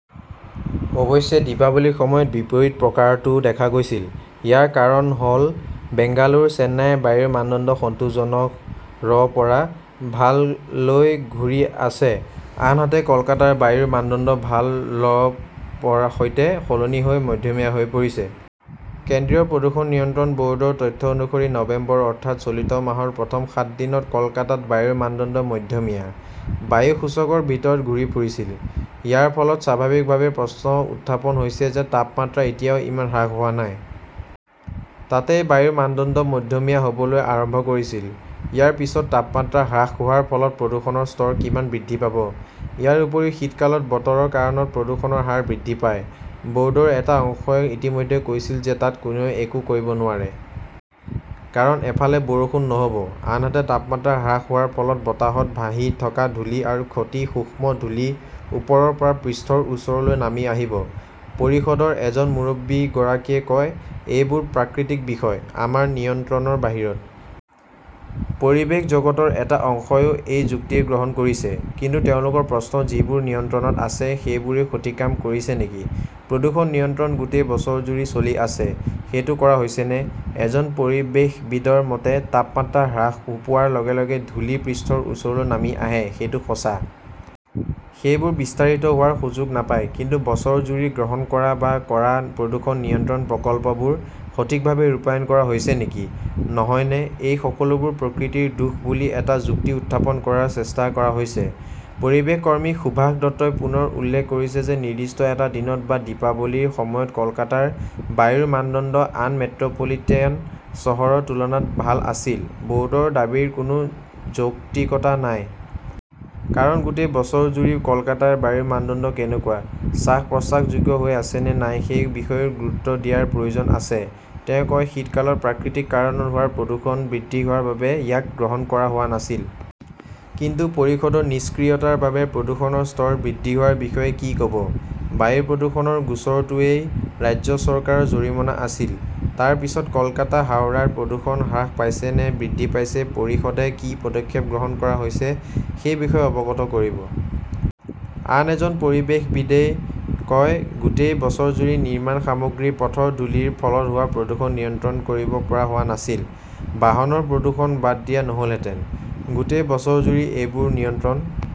অৱশ্যে, দীপাৱলীৰ সময়ত বিপৰীত প্ৰকাৰটো দেখা গৈছিল! ইয়াৰ কাৰণ হ "ল, বেংগালুৰু, চেন্নাইৰ বায়ুৰ মানদণ্ড 'সন্তোষজনক" ৰ পৰা' ভাল "লৈ ঘূৰি আছে, আনহাতে কলকাতাৰ বায়ুৰ মানদণ্ড 'ভাল" ৰ সৈতে সলনি হৈ' মধ্যমীয়া "হৈ পৰিছে। কেন্দ্ৰীয় প্ৰদূষণ নিয়ন্ত্ৰণ ব "ৰ্ডৰ তথ্য অনুসৰি, নৱেম্বৰ, অৰ্থাৎ চলিত মাহৰ প্ৰথম সাত দিনত কলকাতাত বায়ুৰ মানদণ্ড 'মধ্যমীয়া"। বায়ু সূচক ৰ ভিতৰত ঘূৰি ফুৰিছিল। ইয়াৰ ফলত স্বাভাৱিকভাৱেই প্ৰশ্ন উত্থাপন হৈছে যে তাপমাত্ৰা এতিয়াও ইমান হ্ৰাস হোৱা নাই। তাতেই বায়ুৰ মানদণ্ড 'মধ্যমীয়া "হ" বলৈ আৰম্ভ কৰিছিল। ইয়াৰ পিছত তাপমাত্ৰা হ্ৰাস হোৱাৰ ফলত প্ৰদূষণৰ স্তৰ কিমান বৃদ্ধি পাব? ইয়াৰ উপৰিও শীতকালত বতৰৰ কাৰণত প্ৰদূষণৰ হাৰ বৃদ্ধি পায়। ব "ৰ্ডৰ এটা অংশই ইতিমধ্যে কৈছিল যে তাত কোনেও একো কৰিব নোৱাৰে। কাৰণ, এফালে বৰষুণ নহ 'ব। আনহাতে, তাপমাত্ৰা হ্ৰাস হোৱাৰ ফলত বতাহত ভাহি থকা ধূলি আৰু অতি সূক্ষ্ম ধূলি ওপৰৰ পৰা পৃষ্ঠৰ ওচৰলৈ নামি আহিব। পৰিষদৰ এজন মুৰব্বীগৰাকীয়ে কয়, "এইবোৰ প্ৰাকৃতিক বিষয়। আমাৰ নিয়ন্ত্ৰণৰ বাহিৰত। "পৰিৱেশ জগতৰ এটা অংশইও এই যুক্তি গ্ৰহণ কৰিছে। কিন্তু তেওঁলোকৰ প্ৰশ্ন, যিবোৰ নিয়ন্ত্ৰণত আছে, সেইবোৰেও সঠিক কাম কৰিছে নেকি? প্ৰদূষণ নিয়ন্ত্ৰণ গোটেই বছৰজুৰি চলি আছে, সেইটো কৰা হৈছেনে? এজন পৰিৱেশবিদৰ মতে, "তাপমাত্ৰা হ্ৰাস পোৱাৰ লগে লগে ধূলি পৃষ্ঠৰ ওচৰলৈ নামি আহে, এইটো সঁচা। সেইবোৰ বিস্তাৰিত হোৱাৰ সুযোগ নাপায়। কিন্তু বছৰজুৰি গ্ৰহণ কৰা বা কৰা প্ৰদূষণ নিয়ন্ত্ৰণ প্ৰকল্পবোৰ সঠিকভাৱে ৰূপায়ণ কৰা হৈছে নেকি? নহয়নে, এই সকলোবোৰ প্ৰকৃতিৰ দোষ বুলি এটা যুক্তি উত্থাপন কৰাৰ চেষ্টা কৰা হৈছে? "পৰিৱেশ কৰ্মী সুভাষ দত্তই পুনৰ উল্লেখ কৰিছে যে নিৰ্দিষ্ট এটা দিনত বা দীপাৱলীৰ সময়ত কলকাতাৰ বায়ুৰ মানদণ্ড আন মেট্ৰ 'পলিটান চহৰৰ তুলনাত ভাল আছিল, ব" ৰ্ডৰ দাবীৰ কোনো যৌক্তিকতা নাই। কাৰণ, গোটেই বছৰজুৰি কলকাতাৰ বায়ুৰ মানদণ্ড কেনেকুৱা, শ্বাস-প্ৰশ্বাসযোগ্য হৈ আছে নে নাই সেই বিষয়েও গুৰুত্ব দিয়াৰ প্ৰয়োজন আছে। তেওঁ কয়, "শীতকালত প্ৰাকৃতিক কাৰণত হোৱা প্ৰদূষণ বৃদ্ধি হোৱাৰ বাবে ইয়াক গ্ৰহণ কৰা হোৱা নাছিল। কিন্তু পৰিষদৰ নিষ্ক্ৰিয়তাৰ বাবে প্ৰদূষণৰ স্তৰ বৃদ্ধি হোৱাৰ বিষয়ে কি ক "ব? বায়ু প্ৰদূষণৰ গোচৰটোৱেই ৰাজ্য চৰকাৰৰ জৰিমনা আছিল। তাৰ পিছত কলকাতা, হাওড়াৰ প্ৰদূষণ হ্ৰাস পাইছে নে বৃদ্ধি পাইছে? পৰিষদে কি পদক্ষেপ গ্ৰহণ কৰা হৈছে সেই বিষয়ে অৱগত কৰিব। "আন এজন পৰিৱেশবিদই কয়", গোটেই বছৰজুৰি নিৰ্মাণ সামগ্ৰী, পথৰ ধূলিৰ ফলত হোৱা প্ৰদূষণ নিয়ন্ত্ৰণ কৰিব পৰা হোৱা নাছিল। বাহনৰ প্ৰদূষণ বাদ দিয়া নহ "লহেঁতেন! গোটেই বছৰজুৰি এইবোৰ নিয়ন্ত্ৰণ